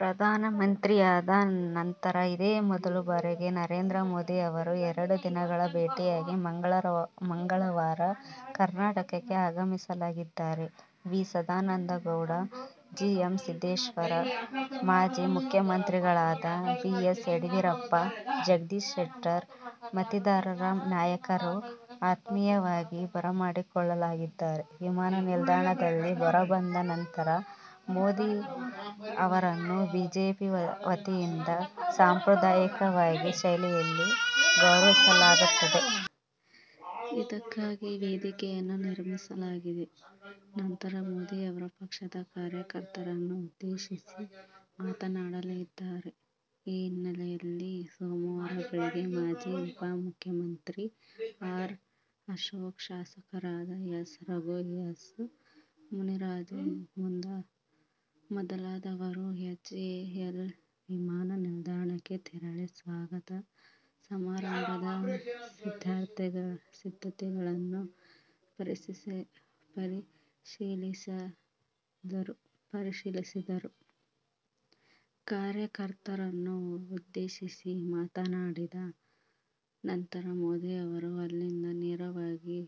ಪ್ರಧಾನಿಯಾದ ನಂತರ ಇದೇ ಮೊದಲ ಬಾರಿಗೆ ನರೇಂದ್ರ ಮೋದಿ ಅವರು ಎರಡು ದಿನಗಳ ಭೇಟಿಗಾಗಿ ಮಂಗಳವಾರ ಕರ್ನಾಟಕಕ್ಕೆ ಆಗಮಿಸಲಿದ್ದಾರೆ. V. Sadananda Gowda, G. M. Siddeshwar, ಮಾಜಿ ಮುಖ್ಯಮಂತ್ರಿಗಳಾದ ಬಿ. ಎಸ್. ಯಡಿಯೂರಪ್ಪ, ಜಗದೀಶ್ ಶೆಟ್ಟರ್ ಮತ್ತಿತರ ನಾಯಕರು ಆತ್ಮೀಯವಾಗಿ ಬರಮಾಡಿಕೊಳ್ಳಲಿದ್ದಾರೆ. ವಿಮಾನ ನಿಲ್ದಾಣದಿಂದ ಹೊರಬಂದ ನಂತರ ಮೋದಿ ಅವರನ್ನು ಬಿಜೆಪಿ ವತಿಯಿಂದ ಸಾಂಪ್ರದಾಯಿಕ ಶೈಲಿಯಲ್ಲಿ ಗೌರವಿಸಲಾಗುತ್ತದೆ. ಇದಕ್ಕಾಗಿ ವೇದಿಕೆಯನ್ನೂ ನಿರ್ಮಿಸಲಾಗಿದೆ. ನಂತರ ಮೋದಿ ಅವರು ಪಕ್ಷದ ಕಾರ್ಯಕರ್ತರನ್ನು ಉದ್ದೇಶಿಸಿ ಮಾತನಾಡಲಿದ್ದಾರೆ. ಈ ಹಿನ್ನೆಲೆಯಲ್ಲಿ ಸೋಮವಾರ ಬೆಳಗ್ಗೆ ಮಾಜಿ ಉಪಮುಖ್ಯಮಂತ್ರಿ ಆರ್. ಅಶೋಕ್, ಶಾಸಕರಾದ ಎಸ್. ರಘು, ಎಸ್. ಮುನಿರಾಜು ಮೊದಲಾದವರು ಎಚ್ ಎ ಎಲ್ ವಿಮಾನ ನಿಲ್ದಾಣಕ್ಕೆ ತೆರಳಿ ಸ್ವಾಗತ ಸಮಾರಂಭದ ಸಿದ್ಧತೆಗಳನ್ನು ಪರಿಶೀಲಿಸಿದರು. ಕಾರ್ಯಕರ್ತರನ್ನು ಉದ್ದೇಶಿಸಿ ಮಾತನಾಡಿದ ನಂತರ ಮೋದಿ ಅವರು ಅಲ್ಲಿಂದ ನೇರವಾಗಿ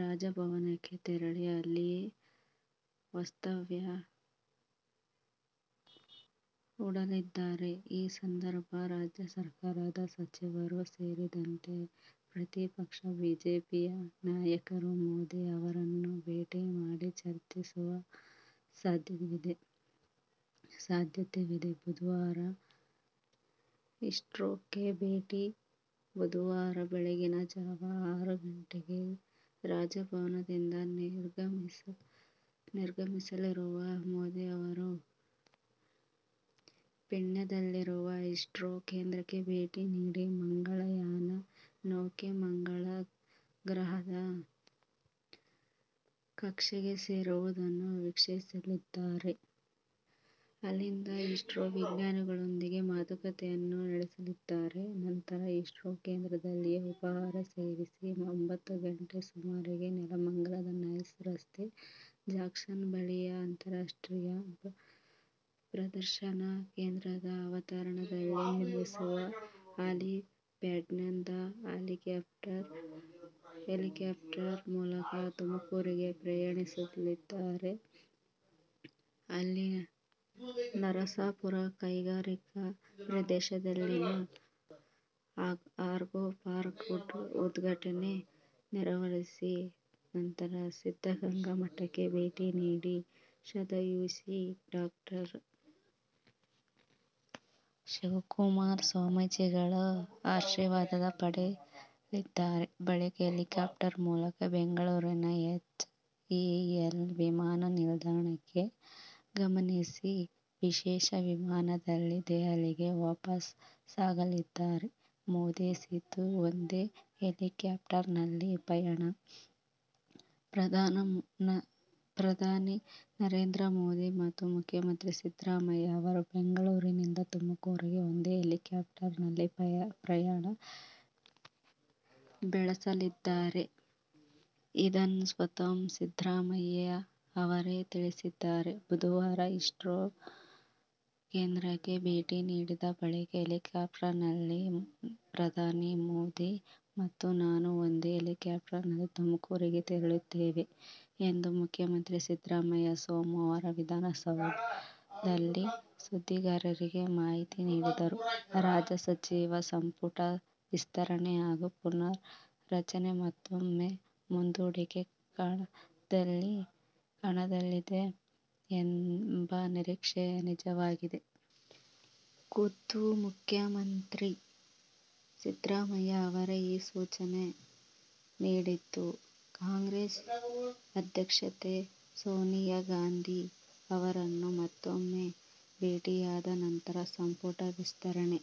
ರಾಜಭವನಕ್ಕೆ ತೆರಳಿ ಅಲ್ಲಿಯೇ ವಾಸ್ತವ್ಯ ಹೂಡಲಿದ್ದಾರೆ. ಈ ಸಂದರ್ಭ ರಾಜ್ಯ ಸರ್ಕಾರದ ಸಚಿವರೂ ಸೇರಿದಂತೆ ಪ್ರತಿಪಕ್ಷ ಬಿಜೆಪಿಯ ನಾಯಕರು ಮೋದಿ ಅವರನ್ನು ಭೇಟಿ ಮಾಡಿ ಚರ್ಚಿಸುವ ಸಾಧ್ಯತೆಯಿದೆ. ಬುಧವಾರ ಇಸ್ರೋಕ್ಕೆ ಭೇಟಿ ಬುಧವಾರ ಬೆಳಗಿನ ಜಾವ ಆರು ಗಂಟೆಗೆ ರಾಜಭವನದಿಂದ ನಿರ್ಗಮಿಸಲಿರುವ ಮೋದಿ ಅವರು ಪೀಣ್ಯದಲ್ಲಿರುವ ಇಸ್ರೋ ಕೇಂದ್ರಕ್ಕೆ ಭೇಟಿ ನೀಡಿ ಮಂಗಳಯಾನ ನೌಕೆ ಮಂಗಳ ಗ್ರಹದ ಕಕ್ಷೆಗೆ ಸೇರುವುದನ್ನು ವೀಕ್ಷಿಸಲಿದ್ದಾರೆ. ಅಲ್ಲದೆ ಇಸ್ರೋ ವಿಜ್ಞಾನಿಗಳೊಂದಿಗೆ ಮಾತುಕತೆಯನ್ನೂ ನಡೆಸಲಿದ್ದಾರೆ. ನಂತರ ಇಸ್ರೋ ಕೇಂದ್ರದಲ್ಲಿಯೇ ಉಪಹಾರ ಸೇವಿಸಿ ಒಂಭತ್ತು ಗಂಟೆ ಸುಮಾರಿಗೆ ನೆಲಮಂಗಲದ ನೈಸ್ ರಸ್ತೆ ಜಂಕ್ಷನ್ ಬಳಿಯ ಅಂತಾರಾಷ್ಟ್ರೀಯ ಪ್ರದರ್ಶನ ಕೇಂದ್ರದ ಆವರಣದಲ್ಲಿ ನಿರ್ಮಿಸಿರುವ ಹೆಲಿಪ್ಯಾಡ್ನಿಂದ ಹೆಲಿಕಾಪ್ಟರ್ ಮೂಲಕ ತುಮಕೂರಿಗೆ ಪ್ರಯಾಣಿಸಲಿದ್ದಾರೆ. ಅಲ್ಲಿ ನರಸಾಪುರ ಕೈಗಾರಿಕಾ ಪ್ರದೇಶದಲ್ಲಿನ ಆಗ್ರೋಪಾರ್ಕ್ ಉದ್ಘಾಟನೆ ನೆರವೇರಿಸಿ ನಂತರ ಸಿದ್ದಗಂಗಾ ಮಠಕ್ಕೆ ಭೇಟಿ ನೀಡಿ ಶತಾಯುಷಿ ಡಾ. ಶಿವಕುಮಾರ ಸ್ವಾಮೀಜಿಗಳ ಆಶೀರ್ವಾದ ಪಡೆಯಲಿದ್ದಾರೆ. ಬಳಿಕ ಹೆಲಿಕಾಪ್ಟರ್ ಮೂಲಕ ಬೆಂಗಳೂರಿನ ಎಚ್ ಎ ಎಲ್ ವಿಮಾನ ನಿಲ್ದಾಣಕ್ಕೆ ಆಗಮಿಸಿ ವಿಶೇಷ ವಿಮಾನದಲ್ಲಿ ದೆಹಲಿಗೆ ವಾಪಸಾಗಲಿದ್ದಾರೆ. ಮೋದಿ-ಸಿದ್ದು ಒಂದೇ ಹೆಲಿಕಾಪ್ಟರ್ನಲ್ಲಿ ಪ್ರಯಾಣ. ಪ್ರಧಾನಿ ನರೇಂದ್ರ ಮೋದಿ ಮತ್ತು ಮುಖ್ಯಮಂತ್ರಿ ಸಿದ್ದರಾಮಯ್ಯ ಅವರು ಬೆಂಗಳೂರಿನಿಂದ ತುಮಕೂರಿಗೆ ಒಂದೇ ಹೆಲಿಕಾಪ್ಟರ್ನಲ್ಲಿ ಪ್ರಯಾಣ ಬೆಳಸಲಿದ್ದಾರೆ. ಇದನ್ನು ಸ್ವತಃ ಸಿದ್ದರಾಮಯ್ಯ ಅವರೇ ತಿಳಿಸಿದ್ದಾರೆ. ಬುಧವಾರ ಇಸ್ರೋ ಕೇಂದ್ರಕ್ಕೆ ಭೇಟಿ ನೀಡಿದ ಬಳಿಕ ಹೆಲಿಕಾಪ್ಟರ್ನಲ್ಲಿ ಪ್ರಧಾನಿ ಮೋದಿ ಮತ್ತು ನಾನು ಒಂದೇ ಹೆಲಿಕಾಪ್ಟರ್ನಲ್ಲಿ ತುಮಕೂರಿಗೆ ತೆರಳುತ್ತೇವೆ ಎಂದು ಮುಖ್ಯಮಂತ್ರಿ ಸಿದ್ದರಾಮಯ್ಯ ಸೋಮವಾರ ವಿಧಾನಸೌಧದಲ್ಲಿ ಸುದ್ದಿಗಾರರಿಗೆ ಮಾಹಿತಿ ನೀಡಿದರು. ರಾಜ್ಯ ಸಚಿವ ಸಂಪುಟ ವಿಸ್ತರಣೆ ಹಾಗೂ ಪುನರ್ ರಚನೆ ಮತ್ತೂಮ್ಮೆ ಮುಂದೂಡಿಕೆ ಕಾಣಲಿದೆ ಎಂಬ ನಿರೀಕ್ಷೆ ನಿಜವಾಗಿದೆ. ಖುದ್ದು ಮುಖ್ಯಮಂತ್ರಿ ಸಿದ್ದರಾಮಯ್ಯ ಅವರೇ ಈ ಸೂಚನೆ ನೀಡಿದ್ದು, ಕಾಂಗ್ರೆಸ್ ಅಧ್ಯಕ್ಷೆ ಸೋನಿಯಾ ಗಾಂಧಿ ಅವರನ್ನು ಮತ್ತೂಮ್ಮೆ ಭೇಟಿಯಾದ ನಂತರ ಸಂಪುಟ ವಿಸ್ತರಣೆ